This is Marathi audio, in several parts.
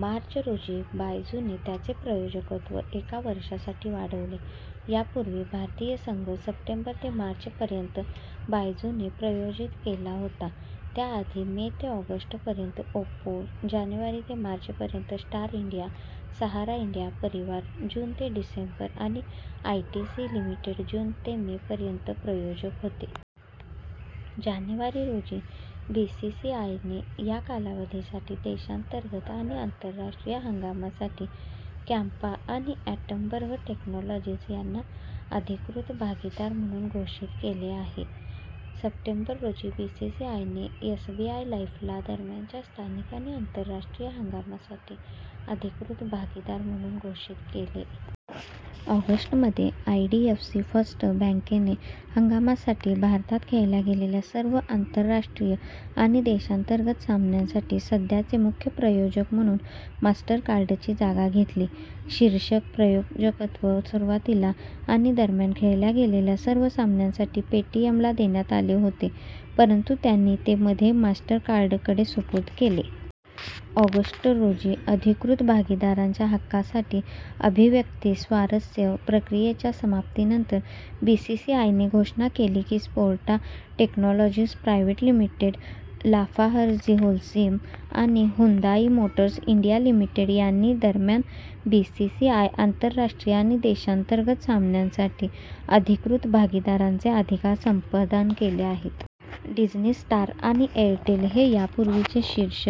मार्च रोजी, बायजूने त्याचे प्रायोजकत्व एका वर्षासाठी वाढवले. यापूर्वी, भारतीय संघ सप्टेंबर ते मार्च पर्यंत बायजूने प्रायोजित केला होता, त्याआधी मे ते ऑगस्ट पर्यंत ओप्पो, जानेवारी ते मार्च पर्यंत Star India, Sahara India Pariwar जून ते डिसेंबर आणि आयटीसी लिमिटेड जून ते मे पर्यंत प्रायोजक होते. जानेवारी रोजी, बीसीसीआयने - या कालावधीसाठी देशांतर्गत आणि आंतरराष्ट्रीय हंगामासाठी कॅम्पा आणि ॲटमबर्ग टेक्नॉलॉजीज यांना अधिकृत भागीदार म्हणून घोषित केले. सप्टेंबर रोजी, बीसीसीआयने एसबीआय लाईफ ला - दरम्यानच्या स्थानिक आणि आंतरराष्ट्रीय हंगामासाठी अधिकृत भागीदार म्हणून घोषित केले. ऑगस्ट मध्ये, आयडीएफसी फर्स्ट बँके ने - हंगामासाठी भारतात खेळल्या गेलेल्या सर्व आंतरराष्ट्रीय आणि देशांतर्गत सामन्यांसाठी सध्याचे मुख्य प्रायोजक म्हणून मास्टरकार्डची जागा घेतली.। शीर्षक प्रायोजकत्व सुरुवातीला आणि दरम्यान खेळल्या गेलेल्या सर्व सामन्यांसाठी पेटीएम ला देण्यात आले होते परंतु त्यांनी ते मध्ये मास्टरकार्डकडे सुपूर्द केले. ऑगस्ट रोजी, अधिकृत भागीदारांच्या हक्कांसाठी अभिव्यक्ती स्वारस्य प्रक्रियेच्या समाप्तीनंतर, बीसीसीआयने घोषणा केली की स्पोर्टा टेक्नॉलॉजीस प्रा. लि., लाफार्जहोल्सीम आणि ह्युंदाई मोटर्स इंडिया लिमिटेड यांनी दरम्यान बीसीसीआय आंतरराष्ट्रीय आणि देशांतर्गत सामन्यांसाठी अधिकृत भागीदारांचे अधिकार संपादन केले आहेत. डिझ्नी स्टार आणि एअरटेल हे यापूर्वीचे शीर्ष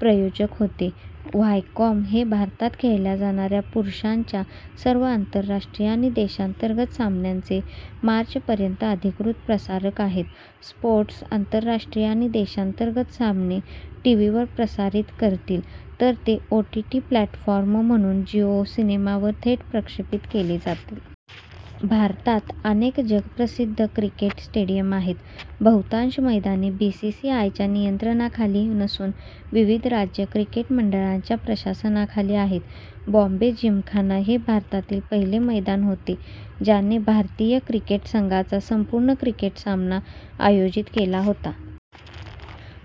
प्रायोजक होते. व्हायकॉम हे भारतात खेळल्या जाणाऱ्या पुरुषांच्या सर्व आंतरराष्ट्रीय आणि देशांतर्गत सामन्यांचे मार्च पर्यंत अधिकृत प्रसारक आहेत. स्पोर्ट्स आंतरराष्ट्रीय आणि देशांतर्गत सामने टीव्हीवर प्रसारित करतील, तर ते ओटीटी प्लॅटफॉर्म म्हणून जिओ सिनेमा वर थेट प्रक्षेपित केले जातील. भारतात अनेक जगप्रसिद्ध क्रिकेट स्टेडियम आहेत. बहुतांश मैदाने बीसीसीआयच्या नियंत्रणाखाली नसून विविध राज्य क्रिकेट मंडळांच्या प्रशासनाखाली आहेत. बॉम्बे जिमखाना हे भारतातील पहिले मैदान होते ज्याने भारतीय क्रिकेट संघाचा संपूर्ण क्रिकेट सामना आयोजित केला होता.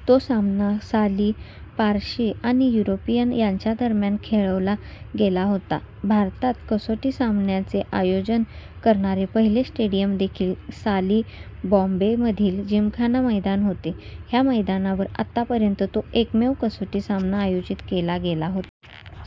तो सामना साली पारशी आणि युरोपियन यांच्यादरम्यान खेळवला गेला होता. भारतात कसोटी सामन्याचे आयोजन करणारे पहिले स्टेडियम देखील साली बॉम्बेमधील जिमखाना मैदान होते. ह्या मैदानावर आतापर्यंत तो एकमेव कसोटी सामना आयोजित केला गेला होता.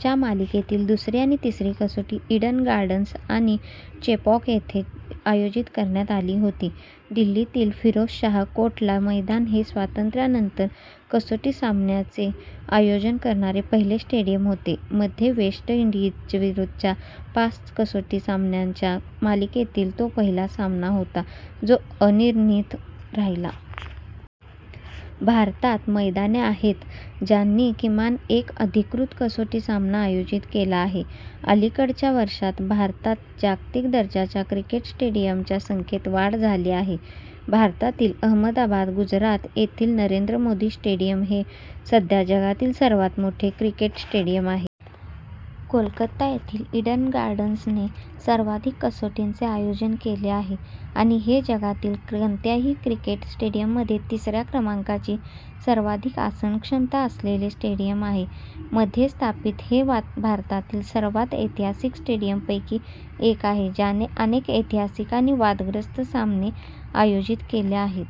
च्या मालिकेतील दुसरी आणि तिसरी कसोटी ईडन गार्डन्स आणि चेपॉक येथे आयोजित करण्यात आली होती. दिल्लीतील फिरोजशाह कोटला मैदान हे स्वातंत्र्यानंतर कसोटी सामन्याचे आयोजन करणारे पहिले स्टेडियम होते. मध्ये वेस्ट इंडीजविरुद्धच्या पाच कसोटी सामन्यांच्या मालिकेतील तो पहिला सामना होता जो अनिर्णित राहिला. भारतात मैदाने आहेत ज्यांनी किमान एक अधिकृत कसोटी सामना आयोजित केला आहे. अलिकडच्या वर्षांत, भारतात जागतिक दर्जाच्या क्रिकेट स्टेडियमच्या संख्येत वाढ झाली आहे. भारतातील अहमदाबाद, गुजरात येथील नरेंद्र मोदी स्टेडियम हे सध्या जगातील सर्वात मोठे क्रिकेट स्टेडियम आहे. कोलकाता येथील ईडन गार्डन्सने सर्वाधिक कसोटींचे आयोजन केले आहे आणि हे जगातील कोणत्याही क्रिकेट स्टेडियममध्ये तिसऱ्या क्रमांकाची सर्वाधिक आसनक्षमता असलेले स्टेडियम आहे. मध्ये स्थापित, हे भारतातील सर्वात ऐतिहासिक स्टेडियमपैकी एक आहे, ज्याने अनेक ऐतिहासिक आणि वादग्रस्त सामने आयोजित केले आहेत.